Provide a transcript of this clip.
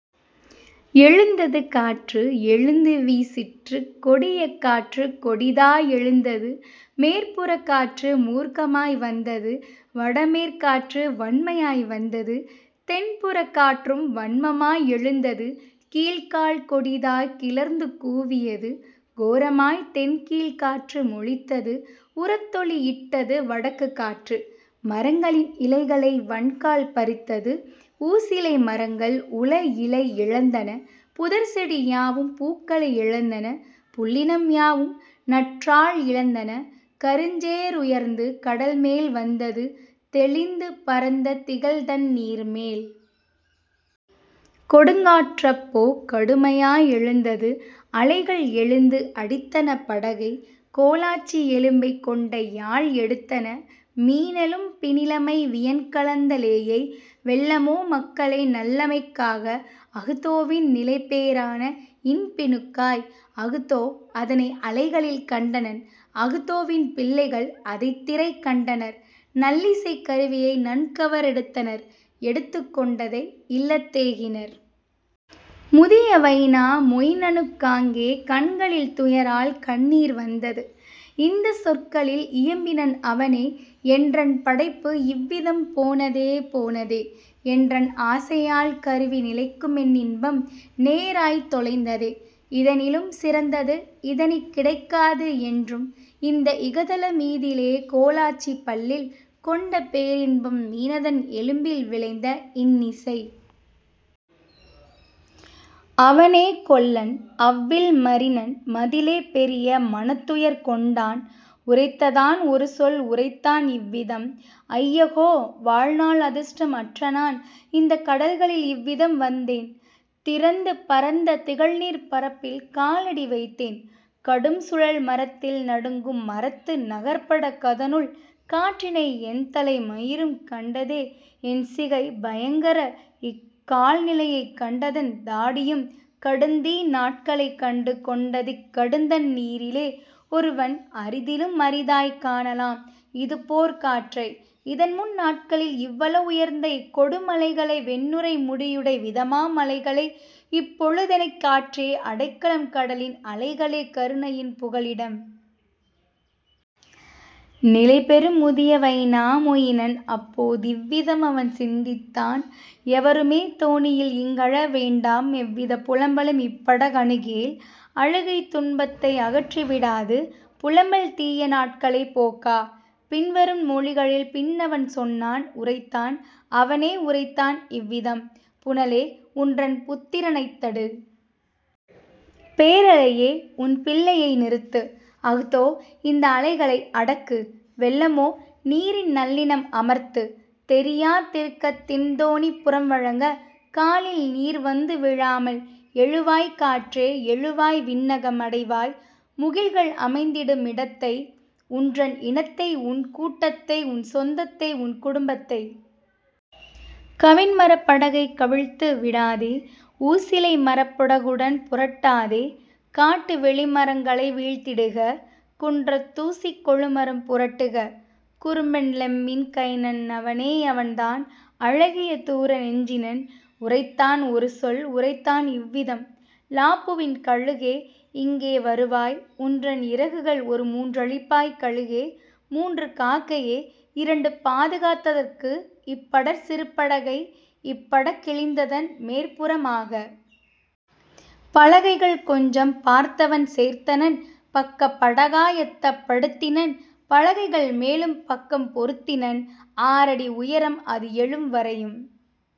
எழுந்தது காற்று எழுந்துவீ சிற்று கொடிய காற்றுக் கொடிதா யெழுந்தது மேற்புறக் காற்று மூர்க்கமாய் வந்தது வடமேற் காற்று வன்மையாய் வந்தது தென்புறக் காற்றும் வன்மமா யெழுந்தது கீழ்க்கால் கொடிதாய் கிளர்ந்துகூ வியது கோரமாய் தென்கீழ்க் காற்று மொலித்தது உரத்தொலி இட்டது வடக்குக் காற்று. மரங்களின் இலைகளை வன்கால் பறித்தது ஊசிலை மரங்கள் உளஇலை இழந்தன புதர்ச்செடி யாவும் பூக்களை இழந்தன புல்லினம் யாவும் நற்றாள் இழந்தன கருஞ்சே றுயர்ந்து கடல்மேல் வந்தது தெளிந்து பரந்த திகழ்தண் ணீர்மேல். கொடுங்காற் றப்போ கடுமையா யெழுந்தது அலைகள் எழுந்து அடித்தன படகை கோலாச்சி எலும்பைக் கொண்டயாழ் எடுத்தன மீனெலும் பினிலமை வியன்கலந்த லேயை வெல்லமோ மக்களின் நல்லமைக் காக அஹ்தோவின் நிலைபே றானஇன் பினுக்காய்; அஹ்தோ அதனை அலைகளில் கண்டனன் அஹ்தோவின் பிள்ளைகள் அதைத்திரை கண்டனர் நல்லிசைக் கருவியை நன்கவ ரெடுத்தனர் எடுத்துக் கொண்டதை இல்லத் தேகினர். முதிய வைனா மொயினனுக் காங்கே கண்களில் துயரால் கண்ணீர் வந்தது இந்தச் சொற்களில் இயம்பினன் அவனே: "என்றன் படைப்பு இவ்விதம் போனதே போனதே என்றன் ஆசையாழ்க் கருவி நிலைக்குமென் னின்பம் நேராய்த் தொலைந்ததே இதனிலும் சிறந்தது இனிக்கிடைக் காது என்றுமே இந்த இகதல மீதிலே கோலாச்சி பல்லில் கொண்டபே ரின்பம் மீனதன் எலும்பில் விளைந்த இன்னிசை. " அவனே கொல்லன் அவ்வில் மரினன் மதிலே பெரிய மனத்துயர் கொண்டான் உரைத்ததான் ஒருசொல் உரைத்தான் இவ்விதம்: "ஐயகோ வாழ்நாள் அதிர்ஷ்டம் அற்றநான் இந்தக் கடல்களில் இவ்விதம் வந்தேன் திறந்து பரந்த திகழ்நீர்ப் பரப்பில் காலடி வைத்தேன் கடும்சுழல் மரத்தில் நடுங்கும் மரத்து நகர்பட கதனுள் காற்றினை என்தலை மயிரும் கண்டதே என்சிகை பயங்கர இக்கால் நிலையை கண்டதென் தாடியும் கடுந்தீ நாட்களை கண்டு கொண்டதிக் கடுந்தண் ணீரிலே; ஒருவன் அரிதிலும் அரிதாய்க் காணலாம் இதுபோற் காற்றை இதன்முன் நாட்களில் இவ்வள வுயர்ந்த இக்கொடு மலைகளை வெண்ணுரை முடியுடை விதமாம் அலைகளை; இப்பொழு தெனக்கிக் காற்றே அடைக்கலம் கடலின் அலைகளே கருணையின் புகலிடம். " நிலைபெறும் முதிய வைனா மொயினன் அப்போ திவ்விதம் அவன்சிந் தித்தான்: "எவருமே தோணியில் இங்கழ வேண்டாம் எவ்விதப் புலம்பலும் இப்பட கணுகேல்; அழுகைதுன் பத்தை அகற்றி விடாது புலம்பல் தீய நாட்களைப் போக்கா. " பின்வரும் மொழிகளில் பின்அவன் சொன்னான் உரைத்தான் அவனே உரைத்தான் இவ்விதம்: "புனலே, உன்றன் புத்திர னைத்தடு! பேரலை யே, உன் பிள்ளையை நிறுத்து! அஹ்தோ, இந்த அலைகளை அடக்கு! வெல்லமோ, நீரின் நல்லினம் அமர்த்து! தெறியா திருக்கத் திண்தோ ணிப் புறம் வங்கக் காலில்நீர் வந்துவீ ழாமல். எழுவாய் காற்றே, எழுவாய் விண்ணகம்! அடைவாய் முகில்கள் அமைந்திடு மிடத்தை உன்றன் இனத்தை உன்கூட் டத்தை உன்சொந் தத்தை உன்குடும் பத்தை! கவின்மரப் படகைக் கவிழ்த்து விடாதே ஊசிலை மரப்பட குடன்புரட் டாதே காட்டு வெளிமரங் களைவீழ்த் திடுக குன்றத் தூசிக் கொழுமரம் புரட்டுக! " குறும்பன் லெம்மின் கைனன் அவனே அவன்தான் அழகிய தூர நெஞ்சினன் உரைத்தான் ஒருசொல் உரைத்தான் இவ்விதம்: "லாப்புவின் கழுகே இங்கே வருவாய் உன்றன் இறகுகள் ஒருமூன் றளிப்பாய் கழுகே மூன்று காக்கையே இரண்டு பாதுகாத் தற்குஇப் படர்சிறு படகை இப்பட கிழிந்ததன் மேற்புறம் ஆக! " பலகைகள் கொஞ்சம் பார்த்தவன் சேர்த்தனன் பக்கப் படகா யத்தப் படுத்தினன் பலகைகள் மேலும் பக்கம் பொருத்தினன் ஆறடி உயரம் அதுஎழும் வரையும்